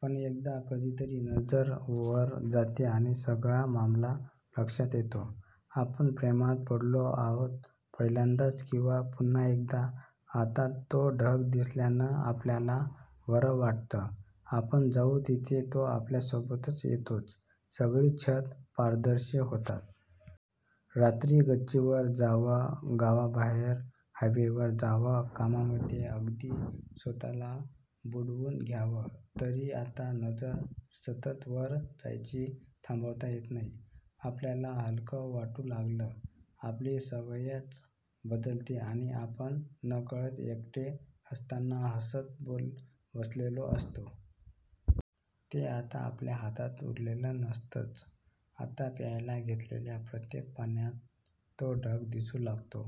पण एकदा कधीतरी नजर वर जाते आणि सगळा मामला लक्षात येतो. आपण प्रेमात पडलो आहोत. पहिल्यांदाच किंवा पुन्हा एकदा. आता तो ढग दिसल्यानं आपल्याला बरं वाटतं. आपण जाऊ तिथे तो आपल्यासोबत येतोच. सगळी छतं पारदर्शी होतात. रात्री गच्चीवर जावं, गावाबाहेर हायवेवर जावं, कामामध्ये अगदी स्वतःला बुडवून घ्यावं, तरी आता नजर सतत वर जायची थांबवता येत नाही. आपल्याला हलकं वाटू लागलं, आपली सवयच बदलते आणि आपण नकळत एकटे असताना हसत बसलेलो असतो. ते आता आपल्या हातात उरलेलं नसतंच. आता प्यायला घेतलेल्या प्रत्येक पाण्यात तो ढग दिसू लागतो.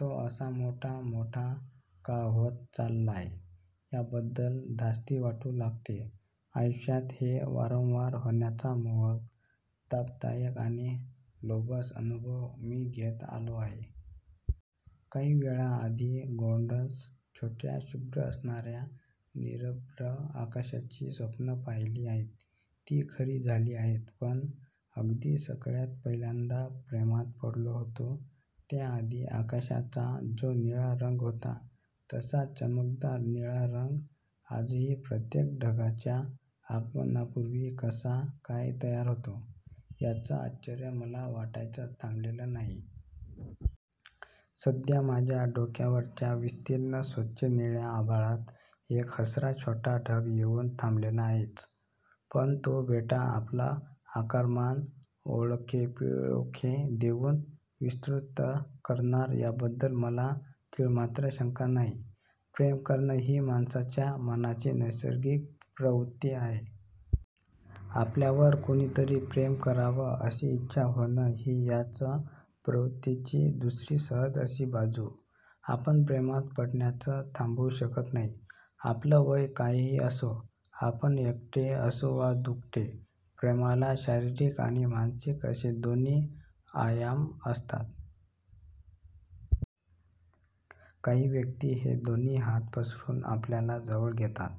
तो असा मोठा मोठा का होत चाललाय, याबद्दल धास्ती वाटू लागते. आयुष्यात हे वारंवार होण्याचा मोहक, तापदायक आणि लोभस अनुभव मी घेत आलो आहे. काही वेळा आधी गोंडस छोट्या शुभ्र असणाऱ्या निरभ्र आकाशाची स्वप्नं पाहिली आहेत. ती खरी झाली आहेत. पण अगदी सगळ्यात पहिल्यांदा प्रेमात पडलो होतो, त्याआधी आकाशाचा जो निळा रंग होता, तसाच चमकदार निळा रंग आजही प्रत्येक ढगाच्या आगमनापूर्वी कसा काय तयार होतो, याचं आश्चर्य मला वाटायचं थांबलेलं नाही. सध्या माझ्या डोक्यावरच्या विस्तीर्ण स्वच्छ निळ्या आभाळात एक हसरा छोटा ढग येऊन थांबलेला आहेच. पण तो बेटा आपलं आकारमान आळोखेपिळोखे देऊन विस्तृत करणार याबद्दल मला तीळमात्र शंका नाही. प्रेम करणं ही माणसाच्या मनाची नैसर्गिक प्रवृत्ती आहे. आपल्यावर कुणीतरी प्रेम करावं अशी इच्छा होणं, ही याच प्रवृत्तीची दुसरी सहज अशी बाजू. आपण प्रेमात पडण्याचं थांबवू शकत नाही. आपलं वय काहीही असो. आपण एकटे असू वा दुकटे. प्रेमाला शारीरिक आणि मानसिक असे दोन्ही आयाम असतात. काही व्यक्ती हे दोन्ही हात पसरून आपल्याला जवळ घेतात,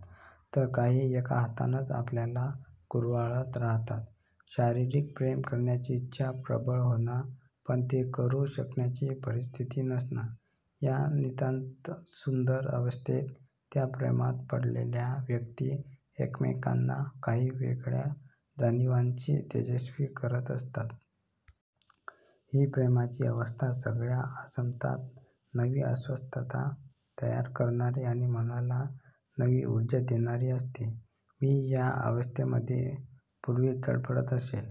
तर काही एका हातानंच आपल्याला कुरवाळत राहतात. शारीरिक प्रेम करण्याची इच्छा प्रबळ होणं, पण ते करू शकण्याची परिस्थिती नसणं, या नितांतसुंदर अवस्थेत त्या प्रेमात पडलेल्या व्यक्ती एकमेकांना काही वेगळ्या जाणिवांची तेजस्वी करत असतात. ही प्रेमाची अवस्था सगळ्या आसमंतात नवी अस्वस्थता तयार करणारी आणि मनाला नवी ऊर्जा देणारी असते. मी ह्या अवस्थेमध्ये पूर्वी तडफडत असे.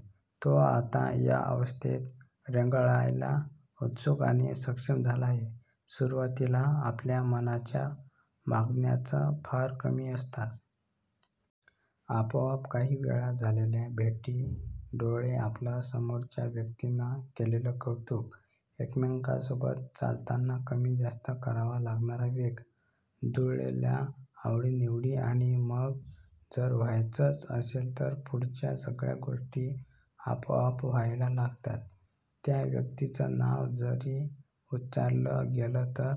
तो आता या अवस्थेत रेंगाळायला उत्सुक आणि सक्षम झाला आहे. सुरुवातीला आपल्या मनाच्या मागण्याच फार कमी असतात. आपोआप काही वेळा झालेल्या भेटी, डोळे, आपलं समोरच्या व्यक्तीनं केलेलं कौतुक, एकमेकांसोबत चालताना कमी जास्त करावा लागणारा वेग, जुळलेल्या आवडीनिवडी, आणि मग जर व्हायचंच असेल तर पुढच्या सगळ्या गोष्टी आपोआप व्हायला लागतात. त्या व्यक्तीचं नाव जरी उच्चारलं गेलं तरी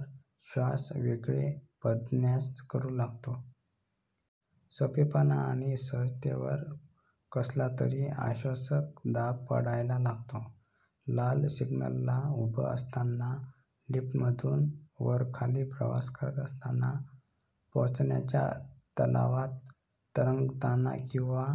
श्वास वेगळे पदन्यास करू लागतो. सोपेपणा आणि सहजतेवर कसलातरी आश्वासक दाब पडायला लागतो. लाल सिग्नलला उभं असताना, लिफ्टमधून वरखाली प्रवास करत असताना, पोहण्याच्या तलावात तरंगताना किंवा